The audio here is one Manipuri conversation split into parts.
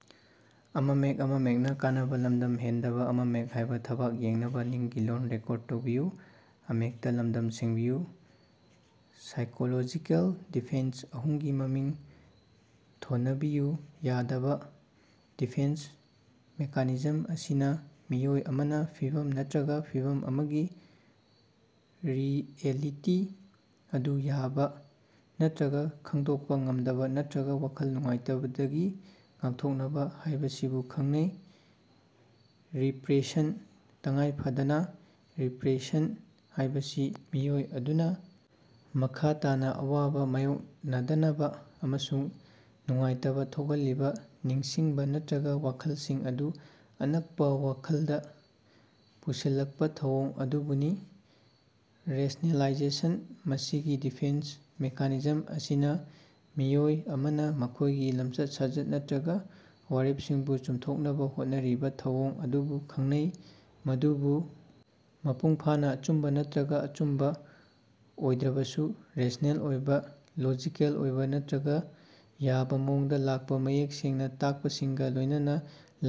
ꯁꯥꯏꯀꯣꯂꯣꯖꯤꯀꯦꯜ ꯗꯤꯐꯦꯟꯁ ꯑꯍꯨꯝꯒꯤ ꯃꯃꯤꯡ ꯊꯣꯟꯅꯕꯤꯌꯨ꯫ ꯌꯥꯗꯕꯥ: ꯗꯤꯐꯦꯟꯁ ꯃꯦꯀꯥꯅꯤꯖꯝ ꯑꯁꯤꯅ ꯃꯤꯑꯣꯏ ꯑꯃꯅ ꯐꯤꯚꯝ ꯅꯠꯇ꯭ꯔꯒ ꯐꯤꯚꯝ ꯑꯃꯒꯤ ꯔꯤꯑꯦꯂꯤꯇꯤ ꯑꯗꯨ ꯌꯥꯕ ꯅꯠꯇ꯭ꯔꯒ ꯈꯪꯗꯣꯛꯄ ꯉꯝꯗꯕꯥ ꯅꯠꯇ꯭ꯔꯒ ꯋꯥꯈꯜ ꯅꯨꯡꯉꯥꯏꯇꯕꯗꯒꯤ ꯉꯥꯛꯊꯣꯛꯅꯕ ꯍꯥꯏꯕꯁꯤꯕꯨ ꯈꯪꯅꯩ꯫ ꯔꯤꯄ꯭ꯔꯦꯁꯟ: ꯇꯉꯥꯏꯐꯗꯅꯥ, ꯔꯤꯄ꯭ꯔꯦꯁꯟ ꯍꯥꯏꯕꯁꯤ ꯃꯤꯑꯣꯏ ꯑꯗꯨꯅ ꯃꯈꯥ ꯇꯥꯅ ꯑꯋꯥꯕ ꯃꯥꯌꯣꯛꯅꯗꯅꯕꯥ ꯑꯃꯁꯨꯡ ꯅꯨꯡꯉꯥꯏꯇꯕ ꯊꯣꯛꯍꯜꯂꯤꯕ ꯅꯤꯡꯁꯤꯡꯕ ꯅꯠꯇ꯭ꯔꯒ ꯋꯥꯈꯜꯁꯤꯡ ꯑꯗꯨ ꯑꯅꯛꯄꯥ ꯋꯥꯈꯜꯗ ꯄꯨꯁꯤꯜꯂꯛꯄꯥ ꯊꯧꯑꯣꯡ ꯑꯗꯨꯕꯨꯅꯤ꯫ ꯔꯦꯁꯅꯦꯂꯥꯏꯖꯦꯁꯟ: ꯃꯁꯤꯒꯤ ꯗꯤꯐꯦꯟꯁ ꯃꯦꯀꯥꯅꯤꯖꯝ ꯑꯁꯤꯅ ꯃꯤꯑꯣꯏ ꯑꯃꯅ ꯃꯈꯣꯏꯒꯤ ꯂꯝꯆꯠ-ꯁꯥꯖꯠ ꯅꯠꯇ꯭ꯔꯒ ꯋꯥꯔꯦꯞꯁꯤꯡꯕꯨ ꯆꯨꯝꯊꯣꯛꯅꯕ ꯍꯣꯠꯅꯔꯤꯕ ꯊꯧꯑꯣꯡ ꯑꯗꯨꯕꯨ ꯈꯪꯅꯩ, ꯃꯗꯨꯕꯨ ꯃꯄꯨꯡꯐꯥꯅ ꯑꯆꯨꯝꯕ ꯅꯠꯇ꯭ꯔꯒ ꯑꯆꯨꯝꯕ ꯑꯣꯏꯗ꯭ꯔꯕꯁꯨ, ꯔꯦꯁꯅꯦꯜ ꯑꯣꯏꯕ, ꯂꯣꯖꯤꯀꯦꯜ ꯑꯣꯏꯕ ꯅꯠꯇ꯭ꯔꯒ ꯌꯥꯕ ꯃꯑꯣꯡꯗ ꯂꯥꯛꯄ ꯃꯌꯦꯛ ꯁꯦꯡꯅ ꯇꯥꯛꯄꯁꯤꯡꯒ ꯂꯣꯏꯅꯅ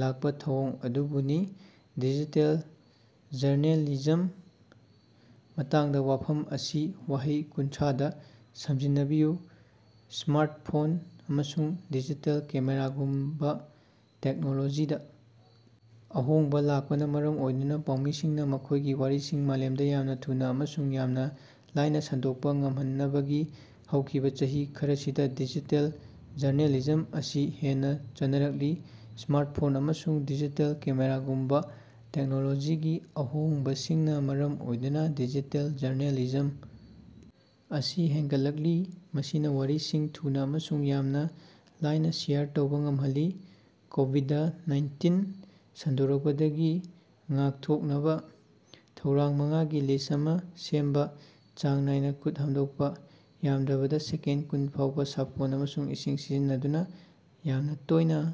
ꯂꯥꯛꯄ ꯊꯧꯑꯣꯡ ꯑꯗꯨꯕꯨꯅꯤ꯫ ꯗꯤꯖꯤꯇꯦꯜ ꯖꯔꯅꯦꯂꯤꯖꯝꯒꯤ ꯃꯇꯥꯡꯗ ꯋꯥꯐꯝ ꯑꯁꯤ ꯋꯥꯍꯩ ꯀꯨꯟꯊ꯭ꯔꯥꯗꯥ ꯁꯝꯖꯤꯟꯅꯕꯤꯌꯨ꯫ ꯁ꯭ꯃꯥꯔꯠꯐꯣꯟ ꯑꯃꯁꯨꯡ ꯗꯤꯖꯤꯇꯦꯜ ꯀꯦꯃꯦꯔꯥꯒꯨꯝꯕ ꯇꯦꯛꯅꯣꯂꯣꯖꯤꯗꯥ ꯑꯍꯣꯡꯕ ꯂꯥꯛꯄꯅ ꯃꯔꯝ ꯑꯣꯏꯗꯨꯅ ꯄꯥꯎꯃꯤꯁꯤꯡꯅ ꯃꯈꯣꯏꯒꯤ ꯋꯥꯔꯤꯁꯤꯡ ꯃꯥꯂꯦꯝꯗ ꯌꯥꯝꯅ ꯊꯨꯅꯥ ꯑꯃꯁꯨꯡ ꯌꯥꯝꯅ ꯂꯥꯏꯅ ꯁꯟꯗꯣꯛꯄ ꯉꯝꯍꯟꯅꯕꯒꯤ ꯍꯧꯈꯤꯕꯥ ꯆꯍꯤ ꯈꯔꯁꯤꯗ ꯗꯤꯖꯤꯇꯦꯜ ꯖꯔꯅꯦꯂꯤꯖꯝ ꯑꯁꯤ ꯍꯦꯟꯅꯥ ꯆꯠꯅꯔꯛꯂꯤ꯫ ꯁ꯭ꯃꯥꯔꯠꯐꯣꯟ ꯑꯃꯁꯨꯡ ꯗꯤꯖꯤꯇꯦꯜ ꯀꯦꯃꯦꯔꯥꯒꯨꯝꯕ ꯇꯦꯛꯅꯣꯂꯣꯖꯤꯒꯤ ꯑꯍꯣꯡꯕꯁꯤꯡꯅꯥ ꯃꯔꯝ ꯑꯣꯏꯗꯨꯅ ꯗꯤꯖꯤꯇꯦꯜ ꯖꯔꯅꯦꯂꯤꯖꯝ ꯑꯁꯤ ꯍꯦꯟꯒꯠꯂꯛꯂꯤ, ꯃꯁꯤꯅ ꯋꯥꯔꯤꯁꯤꯡ ꯊꯨꯅꯥ ꯑꯃꯁꯨꯡ ꯌꯥꯝꯅ ꯂꯥꯏꯅ ꯁꯦꯌꯔ ꯇꯧꯕ ꯉꯝꯍꯜꯂꯤ꯫ ꯀꯣꯕꯤꯗ-ꯅꯥꯏꯟꯇꯤꯟ ꯁꯟꯗꯣꯔꯛꯄꯗꯒꯤ ꯉꯥꯛꯊꯣꯛꯅꯕ ꯊꯧꯔꯥꯡ ꯃꯉꯥꯒꯤ ꯂꯤꯁ ꯑꯃ ꯁꯦꯝꯕ꯫ ꯆꯥꯡ ꯅꯥꯏꯅ ꯈꯨꯠ ꯍꯥꯝꯗꯣꯡꯄ: ꯌꯥꯝꯗ꯭ꯔꯕꯗꯥ ꯁꯦꯀꯦꯟ ꯀꯨꯟ ꯐꯥꯎꯕ ꯁꯥꯄꯣꯟ ꯑꯃꯁꯨꯡ ꯏꯁꯤꯡ ꯁꯤꯖꯤꯟꯅꯗꯨꯅ ꯌꯥꯝꯅ ꯇꯣꯏꯅꯥ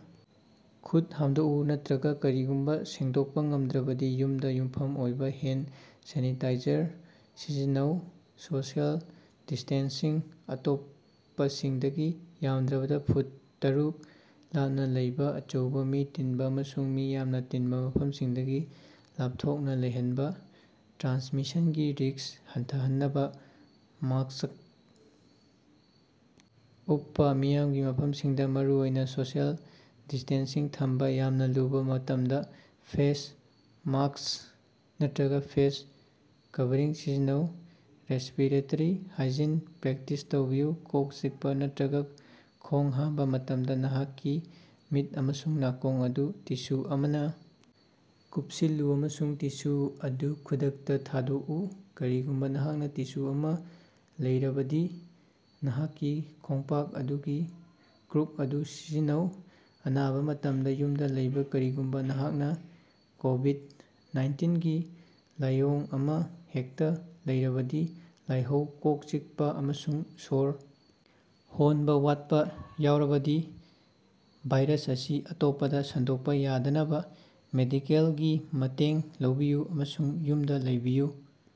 ꯈꯨꯠ ꯍꯥꯝꯗꯣꯛꯎ ꯅꯠꯇ꯭ꯔꯒ ꯀꯔꯤꯒꯨꯝꯕ ꯁꯦꯡꯗꯣꯛꯄ ꯉꯝꯗ꯭ꯔꯕꯗꯤ ꯌꯨꯝꯗ ꯌꯨꯝꯐꯝ ꯑꯣꯏꯕ ꯍꯦꯟ ꯁꯦꯅꯤꯇꯥꯏꯖꯔ ꯁꯤꯖꯤꯟꯅꯧ꯫ ꯁꯣꯁꯤꯑꯦꯜ ꯗꯤꯁꯇꯦꯟꯁꯤꯡ: ꯑꯇꯣꯞꯄꯁꯤꯡꯗꯒꯤ ꯌꯥꯝꯗ꯭ꯔꯕꯗꯥ ꯐꯨꯠ ꯇꯔꯨꯛ ꯂꯥꯞꯅ ꯂꯩꯕꯥ, ꯑꯆꯧꯕ ꯃꯤ ꯇꯤꯟꯕ ꯑꯃꯁꯨꯡ ꯃꯤ ꯌꯥꯝꯅ ꯇꯤꯟꯕ ꯃꯐꯝꯁꯤꯡꯗꯒꯤ ꯂꯥꯞꯊꯣꯛꯅ ꯂꯩꯍꯟꯕꯥ, ꯇ꯭ꯔꯥꯟꯁꯃꯤꯁꯟꯒꯤ ꯔꯤꯛꯁ ꯍꯟꯊꯍꯟꯅꯕꯥ꯫ ꯃꯥꯁ꯭ꯛ ꯎꯞꯄꯥ: ꯃꯤꯌꯥꯝꯒꯤ ꯃꯐꯝꯁꯤꯡꯗ, ꯃꯔꯨꯑꯣꯏꯅ ꯁꯣꯁꯤꯑꯦꯜ ꯗꯤꯁꯇꯦꯟꯁꯤꯡ ꯊꯝꯕ ꯌꯥꯝꯅ ꯂꯨꯕ ꯃꯇꯝꯗ ꯐꯦꯁ ꯃꯥꯁ꯭ꯛ ꯅꯠꯇ꯭ꯔꯒ ꯐꯦꯁ ꯀꯚꯔꯤꯡ ꯁꯤꯖꯤꯟꯅꯧ꯫ ꯔꯦꯁꯄꯤꯔꯦꯇ꯭ꯔꯤ ꯍꯥꯏꯖꯤꯟ ꯄ꯭ꯔꯦꯛꯇꯤꯁ ꯇꯧꯕꯤꯌꯨ: ꯀꯣꯛ ꯆꯤꯛꯄ ꯅꯠꯇ꯭ꯔꯒ ꯈꯣꯡ ꯍꯥꯝꯕ ꯃꯇꯝꯗ ꯅꯍꯥꯛꯀꯤ ꯃꯤꯠ ꯑꯃꯁꯨꯡ ꯅꯥꯀꯣꯡ ꯑꯗꯨ ꯇꯤꯁꯨ ꯑꯃꯅꯥ ꯀꯨꯞꯁꯤꯜꯂꯨ ꯑꯃꯁꯨꯡ ꯇꯤꯁꯨ ꯑꯗꯨ ꯈꯨꯗꯛꯇꯥ ꯊꯥꯗꯣꯛꯎ꯫ ꯀꯔꯤꯒꯨꯝꯕ ꯅꯍꯥꯛꯅꯥ ꯇꯤꯁꯨ ꯑꯃ ꯂꯩꯔꯕꯗꯤ, ꯅꯍꯥꯛꯀꯤ ꯈꯣꯡꯄꯥꯛ ꯑꯗꯨꯒꯤ ꯀ꯭ꯔꯨꯛ ꯑꯗꯨ ꯁꯤꯖꯤꯟꯅꯧ꯫ ꯑꯅꯥꯕ ꯃꯇꯝꯗ ꯌꯨꯝꯗꯥ ꯂꯩꯕ: ꯀꯔꯤꯒꯨꯝꯕ ꯅꯍꯥꯛꯅ ꯀꯣꯕꯤꯠ-ꯅꯥꯏꯟꯇꯤꯟꯒꯤ ꯂꯥꯏꯑꯣꯡ ꯑꯃ ꯍꯦꯛꯇꯥ ꯂꯩꯔꯕꯗꯤ ꯂꯥꯏꯍꯧ, ꯀꯣꯛ ꯆꯤꯛꯄ, ꯑꯃꯁꯨꯡ ꯁꯣꯔ ꯍꯣꯟꯕ ꯋꯥꯠꯄ ꯌꯥꯎꯔꯕꯗꯤ, ꯚꯥꯏꯔꯁ ꯑꯁꯤ ꯑꯇꯣꯞꯄꯗꯥ ꯁꯟꯗꯣꯛꯄ ꯌꯥꯗꯅꯕ ꯃꯦꯗꯤꯀꯦꯜꯒꯤ ꯃꯇꯦꯡ ꯂꯧꯕꯤꯌꯨ ꯑꯃꯁꯨꯡ ꯌꯨꯝꯗꯥ ꯂꯩꯕꯤꯌꯨ꯫